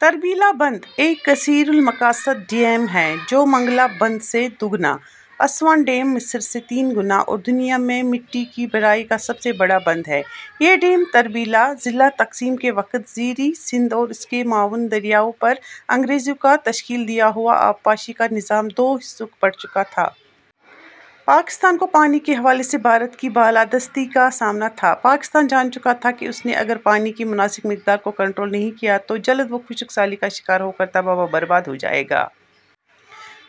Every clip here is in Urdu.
تربیلا بند ایک کثیر المقاصد ڈیم ہے جو منگلا بند سے دو گنا، اسوان ڈیم مصر سے تین گنا اور دنیا میں مٹی کی بھرائی کا سب سے بڑا بند ہے۔ یہ ڈیم تربیلا ، ضلع تقسیم کے وقت زیریں سندھ اور اس کے معاون دریاؤں پر انگریزوں کا تشکیل دیا ہوا آبپاشی کا نظام دو حصوں بٹ چکا تھا۔ پاکستان کو پانی کے حوالے سے بھارت کی بالادستی کا سامنا تھا۔ پاکستان جان چکا تھا کہ اس نے اگر پانی کی مناسب مقدار کو کنٹرول نہیں کیا تو جلد وہ خشک سالی کا شکار ہوکر تباہ وہ برباد ہوجائے گا۔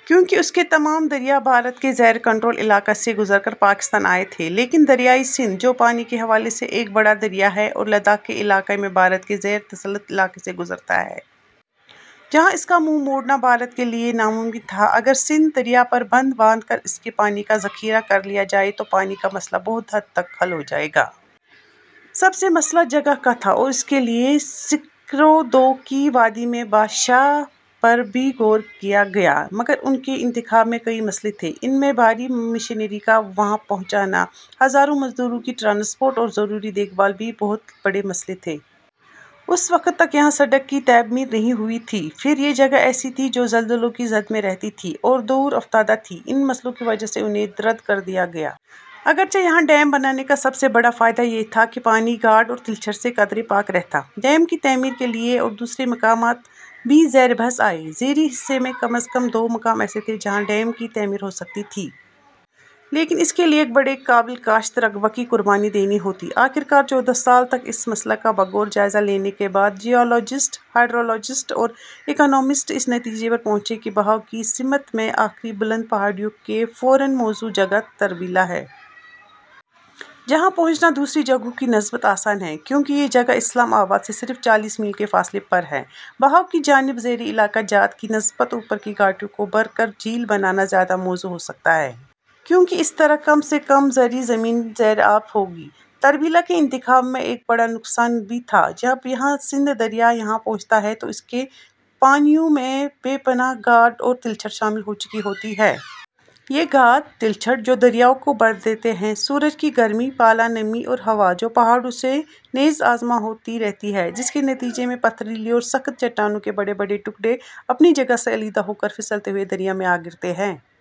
کیوں کہ اس کے تمام دریا بھارت کے زیر کنٹرول علاقہ سے گذر کر پاکستان آتے تھے۔ لیکن دریائے سندھ جو پانی کے حوالے سے ایک بڑا دریا ہے اور لداخ کے علاقہ میں بھارت کے زیر تسلط علاقے سے گزرتا ہے۔ جہاں اس کا منہ موڑنا بھارت کے لیے ناممکن تھا۔ اگر سندھ دریا پر بند باندھ کر اس کے پانی کا ذخیرہ کر لیا جائے تو پانی کا مسلہ بہت حد تک حل ہوجائے گا۔ سب سے مسلہ جگہ کا تھا اور اس کے لیے سکردو کی وادی اور بھاشاہ پر بھی غور کیا گیا، مگر ان کے انتخاب میں کئی مسلے تھے۔ ان میں بھاری مشینری کا وہاں پہچانا، ہزاروں مزدوروں کی ٹرانسپورٹ اور ضروری دیکھ بھال بھی بہت بڑے مسلے تھے۔ اس وقت تک یہاں سڑک کی تعمیر نہیں ہوئی تھی۔ پھر یہ جگہ ایسی تھی جو زلزلوں کی زرد میں رہتی تھی اور دور افتادہ تھی۔ ان مسلوں کی وجہ سے انھیں رد کر دیا گیا۔ اگرچہ یہاں ڈیم بنانے کا سب سے بڑا فائدہ یہ تھا کہ پانی گاد اور تلچھٹ سے قدرے پاک رہتا۔ ڈیم کی تعمیر کے لیے اور دوسرے مقامات بھی زیر بحث آئے۔ زیریں حصے میں کم از کم دو مقام ایسے تھے، جہاں ڈیم کی تعمیر ہو سکتی تھی۔ لیکن اس کے لیے ایک بڑے قابل کاشت رقبہ کی قربانی دینی ہوتی۔ آخر کار چودہ سال تک اس مسلہ کا بغور جائزہ لینے کے بعد جیالوجسٹ، ہائیڈرولوجست اور اکانومسٹ اس نتیجے پر پہنچے کہ بہاوَ کی سمت میں آخری بلند پہاڑیوں کے فوراً موزوں جگہ تربیلہ ہے۔ جہاں پہنچنا دوسری جگہوں کی نسبت آسان ہے۔ کیوں کہ یہ جگہ اسلام آباد سے صرف چالیس میل کے فاصلے پر ہے۔ بہاوَ کی جانب زیریں علاقہ جات کی نسبت اوپر کی گھاٹیوں کو بھر کر جھیل بنانا زیادہ موزوں ہو سکتا ہے۔ کیوں کہ اس طرح کم سے کم زرعی زمین زیر آب ہوگی۔ تربیلہ کے انتخاب میں ایک بڑا نقصان بھی تھا۔ جب یہاں سندھ دریا یہاں پہنچتا ہے تو اس کے پانیوں میں بے پناہ گاد اور تلچھٹ شامل ہو چکی ہوتی ہے۔ یہ گاد تلچھٹ جو دریاؤں کو بھر دیتے ہیں۔ سورج کی گرمی، پالا، نمی اور ہوا جو پہاڑوں سے نبر آزما ہوتی رہتی ہے۔ جس کے نتیجے میں پتھریلی اور سخت چٹانوں کے بڑے بڑے ٹکرے اپنی جگہ سے علحیدہ ہوکر پھسلتے ہوئے دریا میں آگرتے ہیں۔